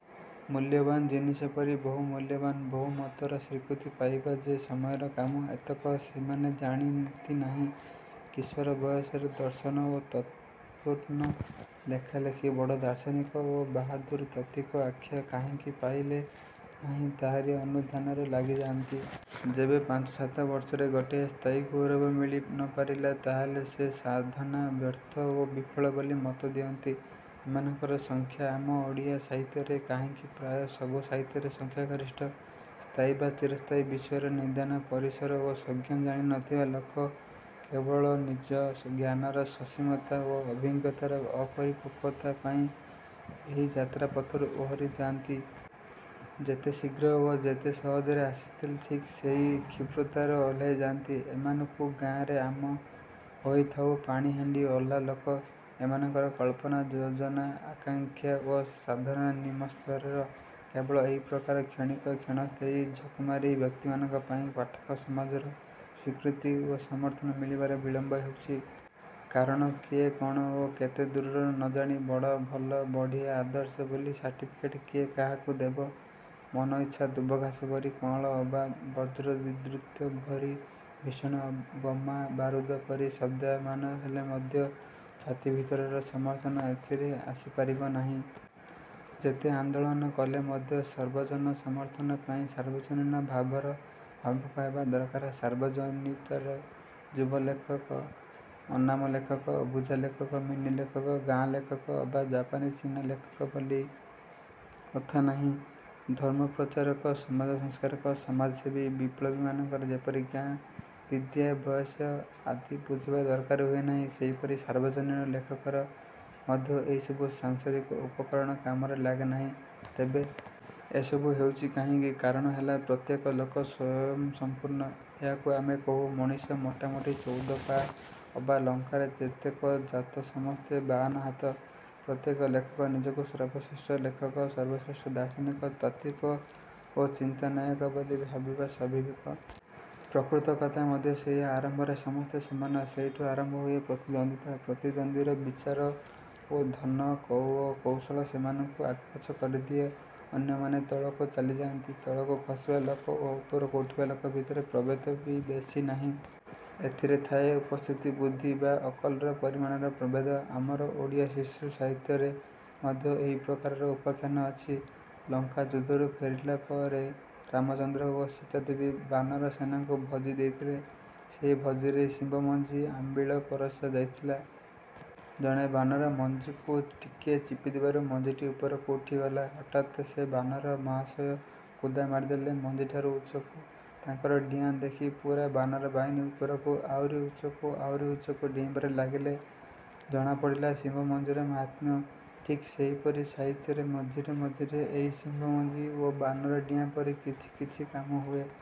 ମୂଲ୍ୟବାନ ଜିନିଷ ପରି ବହୁମୂଲ୍ୟବାନ ବହୁମତର ସ୍ୱୀକୃତି ପାଇବା ଯେ ସମୟର କାମ, ଏତକ ସେମାନେ ଜାଣିନ୍ତି ନାହିଁ। କିଶୋର ବୟସରେ ଦର୍ଶନ ଓ ତତ୍ତପୂର୍ଣ୍ଣ ଲେଖା ଲେଖି ବଡ଼ ଦାର୍ଶନିକ ଓ ବାହାଦୁର ତାତ୍ତ୍ୱିକ ଆଖ୍ୟା କାହିଁକି ପାଇଲେ ନାହିଁ, ତାହାରି ଅନୁଧ୍ୟାନରେ ଲାଗିଯାଆନ୍ତି। ଯେବେ ପାଞ୍ଚ ସାତ ବର୍ଷରେ ଗୋଟିଏ ସ୍ଥାୟୀ ଗୌରବ ମିଳି ନ ପାରିଲା, ତାହେଲେ ସେ ସାଧନା ବ୍ୟର୍ଥ ଓ ବିଫଳ ବୋଲି ମତ ଦିଅନ୍ତି। ଏମାନଙ୍କର ସଂଖ୍ୟା ଆମ ଓଡ଼ିଆ ସାହିତ୍ୟରେ କାହିଁକି, ପ୍ରାୟ ସବୁ ସାହିତ୍ୟରେ ସଂଖ୍ୟାଗରିଷ୍ଠ। ସ୍ଥାୟୀ ବା ଚିରସ୍ଥାୟୀ ବିଷୟର ନିଦାନ, ପରିସର ଓ ସଂଜ୍ଞ ଜାଣି ନ ଥିବା ଲୋକ କେବଳ ନିଜ ଜ୍ଞାନର ସସୀମତା ଓ ଅଭିଜ୍ଞତାର ଅପରିପକ୍ୱତା ପାଇଁ ଏହି ଯାତ୍ରା ପଥରୁ ଓହରି ଯାଆନ୍ତି। ଯେତେ ଶୀଘ୍ର ଓ ଯେତେ ସହଜରେ ଆସିଥିଲେ, ଠିକ୍ ସେହି କ୍ଷିପ୍ରତାର ଓହ୍ଲାଇ ଯାଆନ୍ତି। ଏମାନଙ୍କୁ ଗାଁରେ ଆମ କହିଥାଉ ପାଣିହାଣ୍ଡି ଓହ୍ଲା ଲୋକ। ଏମାନଙ୍କର କଳ୍ପନା, ଯୋଜନା, ଆକାଙ୍କ୍ଷା ଓ ସାଧନା ନିମ୍ନ ସ୍ତରର। କେବଳ ଏହି ପ୍ରକାର କ୍ଷଣିକ, କ୍ଷଣସ୍ଥାୟୀ ଝକମାରୀ ବ୍ୟକ୍ତିମାନଙ୍କ ପାଇଁ ପାଠକ ସମାଜର ସ୍ୱୀକୃତି ଓ ସମର୍ଥନ ମିଳିବାରେ ବିଳମ୍ବ ହେଉଛି। କାରଣ କିଏ କଣ ଓ କେତେ ଦୂରର ନ ଜାଣି ବଡ଼, ଭଲ, ବଢ଼ିଆ, ଆଦର୍ଶ ବୋଲି ସାର୍ଟିଫିକେଟ କିଏ କାହାକୁ ଦେବ? ମନଇଚ୍ଛା ଦୁବଘାସ ପରି କଅଁଳ ଅବା ବଜ୍ର ବିଦ୍ୟୁତ ଭରି ଭୀଷଣ ଅବା ବୋମା ବାରୁଦ ପରି ଶବ୍ଦାୟମାନ ହେଲେ ମଧ୍ୟ ଛାତି ଭିତରର ସମର୍ଥନ ଏଥିରେ ଆସିପାରିବ ନାହିଁ। ଯେତେ ଆନ୍ଦୋଳନ କଲେ ମଧ୍ୟ ସର୍ବଜନ ସମର୍ଥନ ପାଇଁ ସାର୍ବଜନୀନ ଭାବର ଭାବୁକ ହେବା ଦରକାର। ସାର୍ବଜନୀତରେ ଯୁବ ଲେଖକ, ଅନାମ ଲେଖକ, ଅବୁଝା ଲେଖକ, ମିନି ଲେଖକ, ଗାଁ ଲେଖକ ଅବା ଜାପାନୀ ଚୀନା ଲେଖକ ବୋଲି କଥା ନାହିଁ। ଧର୍ମପ୍ରଚାରକ, ସମାଜ ସଂସ୍କାରକ, ସମାଜସେବୀ, ବିପ୍ଳବୀମାନଙ୍କର ଯେପରି ଗାଁ, ବିଦ୍ୟା, ବୟସ ଆଦି ବୁଝିବା ଦରକାର ହୁଏ ନାହିଁ, ସେହିପରି ସାର୍ବଜନୀନ ଲେଖକର ମଧ୍ୟ ଏହିସବୁ ସାଂସାରିକ ଉପକରଣ କାମରେ ଲାଗେ ନାହିଁ। ତେବେ ଏସବୁ ହେଉଛି କାହିଁକି? କାରଣ ହେଲା ପ୍ରତ୍ୟେକ ଲୋକ ସ୍ୱୟଂସମ୍ପୂର୍ଣ୍ଣ। ଏହାକୁ ଆମେ କହୁ, ମଣିଷ ମୋଟାମୋଟି ଚଉଦ ପାଆ, ଅବା ଲଙ୍କାରେ ଯେତେକ ଜାତ ସମସ୍ତେ ବାଆନ ହାତ। ପ୍ରତ୍ୟେକ ଲେଖକ ନିଜକୁ ସର୍ବଶ୍ରେଷ୍ଠ ଲେଖକ, ସର୍ବଶ୍ରେଷ୍ଠ ଦାର୍ଶନିକ, ତାତ୍ତ୍ୱିକ ଓ ଚିନ୍ତାନାୟକ ବୋଲି ଭାବିବା ସ୍ୱାଭିବିକ। ପ୍ରକୃତ କଥା ମଧ୍ୟ ସେଇଆ। ଆରମ୍ଭରେ ସମସ୍ତେ ସମାନ। ସେଇଠୁ ଆରମ୍ଭ ହୁଏ ପ୍ରତିଦ୍ୱନ୍ଦ୍ୱିତା। ପ୍ରତିଦ୍ୱନ୍ଦ୍ୱୀର ବିଚାର ଓ ଧନ କୌ କୌଶଳ ସେମାନଙ୍କୁ ଆଗପଛ କରିଦିଏ। ଅନ୍ୟମାନେ ତଳକୁ ଚାଲିଯାନ୍ତି। ତଳକୁ ଖସିବା ଲୋକ ଓ ଉପରକୁ ଉଠିବା ଲୋକ ଭିତରେ ପ୍ରଭେଦ ବି ବେଶି ନାହିଁ। ଏଥିରେ ଥାଏ ଉପସ୍ଥିତ ବୁଦ୍ଧି ବା ଅକଲର ପରିମାଣର ପ୍ରଭେଦ। ଆମର ଓଡ଼ିଆ ଶିଶୁ ସାହିତ୍ୟରେ ମଧ୍ୟ ଏହି ପ୍ରକାରର ଉପାଖ୍ୟାନ ଅଛି। ଲଙ୍କା ଯୁଦ୍ଧରୁ ଫେରିଲା ପରେ ରାମଚନ୍ଦ୍ର ଓ ସୀତାଦେବୀ ବାନର ସେନାଙ୍କୁ ଭୋଜି ଦେଇଥିଲେ। ସେଇ ଭୋଜିରେ ଶିମ୍ବମଞ୍ଜି ଆମ୍ବିଳ ପରଶା ଯାଇଥିଲା। ଜଣେ ବାନର ମଞ୍ଜିକୁ ଟିକିଏ ଚିପିଦେବାରୁ ମଞ୍ଜିଟି ଉପରକୁ ଉଠିଗଲା। ହଠାତ୍ ସେ ବାନର ମହାଶୟ କୁଦା ମାରିଦେଲେ ମଞ୍ଜିଠାରୁ ଉଚ୍ଚକୁ। ତାଙ୍କର ଡିଆଁ ଦେଖି ପୂରା ବାନର ବାହିନୀ ଉପରକୁ, ଆହୁରି ଉଚ୍ଚକୁ, ଆହୁରି ଉଚ୍ଚକୁ ଡେଇଁବାରେ ଲାଗିଲେ। ଜଣାପଡ଼ିଲା ଶିମ୍ବମଞ୍ଜିର ମାହାତ୍ମ୍ୟ। ଠିକ୍ ସେହିପରି ସାହିତ୍ୟରେ ମଝିରେ ମଝିରେ ଏହି ଶିମ୍ବମଞ୍ଜି ଓ ବାନର ଡିଆଁ ପରି କିଛି କିଛି କାମ ହୁଏ।